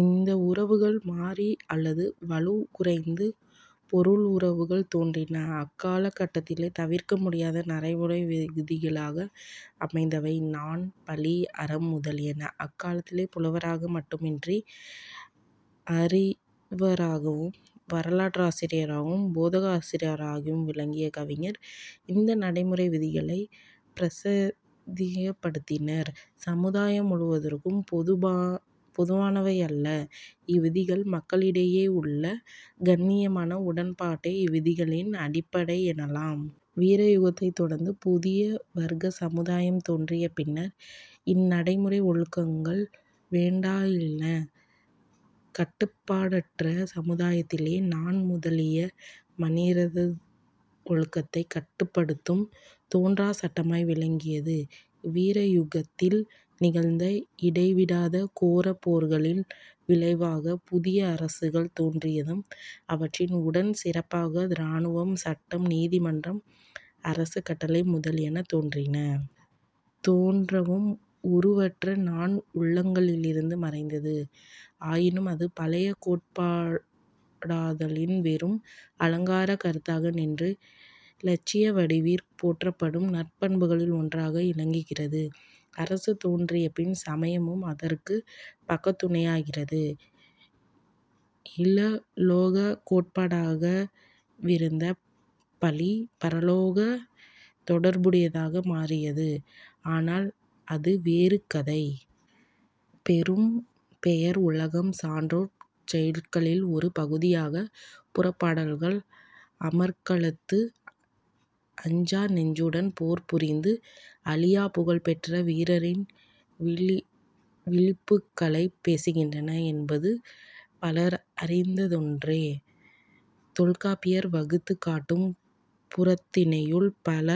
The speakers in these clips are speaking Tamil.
இரத்த உறவுகள் மாறி அல்லது வலுக்குறைந்து பொருளுறவுகள் தோன்றின. அக்காலக் கட்டத்திலே தவிர்க்கமுடியாத நடைமுறை விதிகளாக அமைந்தனவே நாண், பழி, அறம் முதலியன. அக்காலத்திலே புலவராக மட்டுமின்றி அறியவராகவும், வரலாற்றாசிரியராகவும், போதனாசிரியராகவும் விளங்கிய கவிஞர் இந்தநடைமுறை விதிகளைப் பிரசித்தப்படுத்தினர். சமுதாயம் முழுவதற்கும் பொதுவானவையல்ல இவ்விதிகள். தலைமக்களுக்கிடையேயுள்ள "கண்ணியமான" உடன்பாடே இவ்விதிகளின் அடிப்படையெனலாம். வீரயுகத்தைத் தொடர்ந்து புதிய-வர்க்க சமுதாயம் தோன்றிய பின்னர், இந்நடைமுறை ஒழுங்குகள் வேண்டாவாயின. கட்டுப்பாடற்ற சமுதாயத்திலே நாண் முதலியன மனிதரது ஒழுக்கத்தைக் கட்டுப்படுத்தும் தோன்றாச் சட்டமாய் விளங்கியது. வீரயுகத்தில் நிகழ்ந்த இடைவிடாத கோரப் போர்களின் விளைவாகப் புதிய அரசுகள் தோன்றியதும் அவற்றின் உடன் பிறப்பாக இராணுவம், சட்டம், நீதிமன்றம், அரச கட்டளை முதலியன தோன்றின. தோன்றவும் உருவற்ற நாண் உள்ளங்களிலிருந்து மறைந்தது. ஆயினும் அது பழைய கோட்பாடாதலின் வெறும் அலங்காரக் கருத்தாக நின்று இலட்சிய வடிவிற் போற்றப்படும் நற்பண்புகளில் ஒன்றாக இலங்கிற்று. அரசு தோன்றிய பின் சமயமும் அதற்குப் பக்கத்துணையாகியது. இகலோகக் கோட்பாடாக விருந்த பழி பரலோகத் தொடர்புடையதாக மாறியது. ஆனால் அது வேறு கதை.. பெரும் பெயர் உலகம் சான்றோர் செய்யுட்களில் ஒரு பகுதியான புறப்பாடல்கள் அமர்க்களத்து அஞ்சா நெஞ்சுடன் போர்புரிந்து அழியாப் புகழ்பெற்ற வீரரின் விழுப்புகழைப் பேசுகின்றன என்பது பலருமறிந்ததொன்றே. தொல்காப்பியர் வகுத்துக் காட்டும் புறத்திணையுள் பல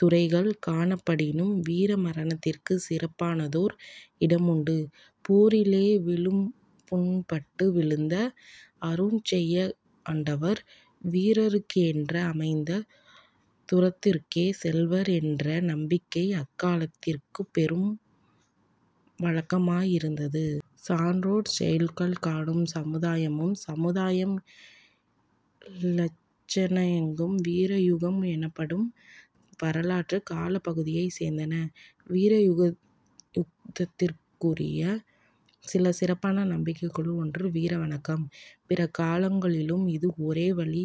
துறைகள் காணப்படினும் வீர மரணத்திற்குச் சிறப்பானதோர் இடமுண்டு. போரிலே விழுப்புண்பட்டு வீழ்ந்த 'அருஞ் செய்யாடவர்' வீரருக்கென்றே அமைந்த துறக்கத்தற்குச் செல்வர் என்ற நம்பிக்கை அக்காலத்திற் பெருவழக்கமாயிருந்தது. சான்றோர் செய்யுட்கள் காட்டும் சமுதாயமும் சமுதாய இலட்சியங்கும் வீரயுகம் எனப்படும் வரலாற்றுக் காலப்பகுதியைச் சேர்ந்தன. வீரயுகத்துக்குரிய சில சிறப்பான நம்பிக்கைகளுள் ஒன்று வீர வணக்கம். பிற காலங்களிலும் இஃது ஒரேவழி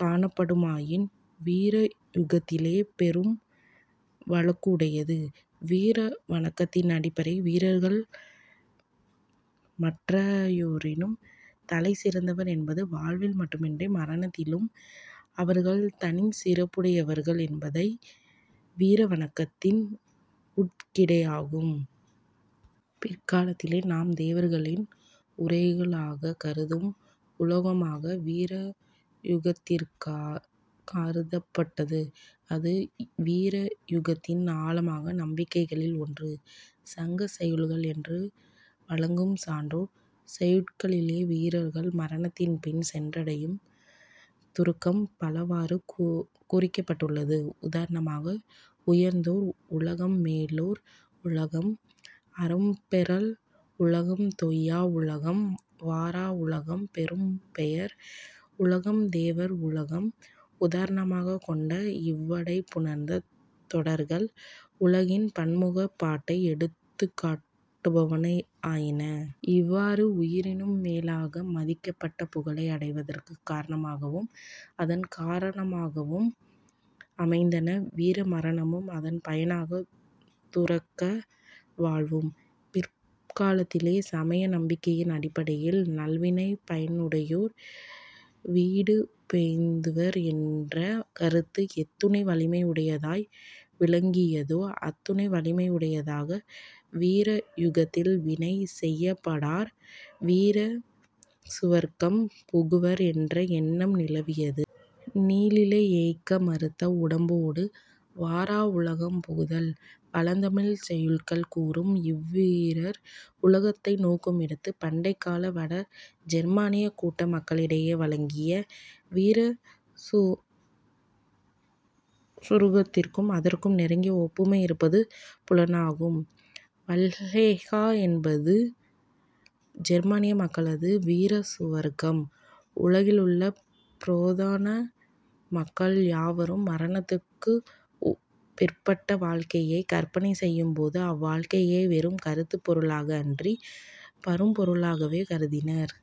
காணப்படுமாயினும் வீரயுகத்திலே பெருவழக்குடையது. வீர வணக்கத்தின் அடிப்படை, வீரர்கள் மற்றையோரினும் தலைசிறந்தவர் என்பது, வாழ்வில் மட்டுமன்றி மரணத்திலும், அவர்கள் தனிச்சிறப்புடையவர்கள் என்பதே வீர வணக்கத்தின் உட்கிடையாகும். பிற்காலத்திலே நாம் தேவர்களின் உரையுளாகக் கருதும் உலகமாக வீரயுகத்திற் கருதப்பட்டது. அது வீரயுகத்தின் ஆழமான நம்பிக்கைகளில் ஒன்று. சங்கச் செய்யுட்கள் என்று வழங்கும் சான்றோர் செய்யுட்களிலே வீரர்கள் மரணத்தின்பின் சென்றடையும் துறக்கம் பலவாறு குறிக்கப்பட்டுள்ளது. உதாரணமாக, உயர்ந்தோர் உலகம் மேலோர் உலகம்। அரும் பெறல் உலகம் தொய்யா உலகம் வாரா உலகம் பெரும் பெயர் உலகம் தேவர் உலகம் உதாரணமாகக் கொண்ட இவ்வடை புணர்த்த தொடர்கள் புகழின் பன்முகப் பாட்டைஎடுத்துக்காட்டுவன ஆயின இவ்வாறு உயிரினும் மேலாக மதிக்கப்பட்ட புகழை அடைவதற்குக் காரணமாகவும் அதன் காரியமாகவும் அமைந்தன வீரமரணமும் அதன் பயனாக துறக்க வாழ்வும். பிற்காலத்திலே சமய நம்பிக்கைகளின் அடிப்படையில் நல்வினைப் பயனுடையோர் வீடுபேறெய்துவர் என்ற கருத்து எத்துணை வலிமையுடையதாய் விளங்கியதோ, அத்துணை வலிமையுடையதாக வீரயுகத்தில் வினை செய்யாடவர் 'வீரசுவர்க்கம்' புகுவர் என்ற எண்ணம் நிலவியது. "நீளிலை யெஃக மறுத்த உடம்போடு வாராவுலகம் புகுதல்" பழந் தமிழ்ச் செய்யுட்கள் கூறும் இவ்வீரர் உலகத்தை நோக்குமிடத்து, பண்டைக்கால வட ஜெர்மானியக் கூட்ட மக்களிடையே வழங்கிய வீரசுவர்க்கத்திற்கும் அதற்கும் நெருங்கிய ஒப்புமை இருப்பது புலனாகும். வல்ஹல்லா என்பது ஜெர்மானிய மக்களது வீரசுவர்க்கம், உலகிலுள்ள புராதன மக்கள் யாவரும் மரணத்துக்குப் பிற்பட்ட வாழ்க்கையைக் கற்பனை செய்யும்பொழுது, அவ்வாழ்க்கையை வெறும் கருத்துப் பொருளாக அன்றிப் பருப்பொருளாகவே கருதினர்.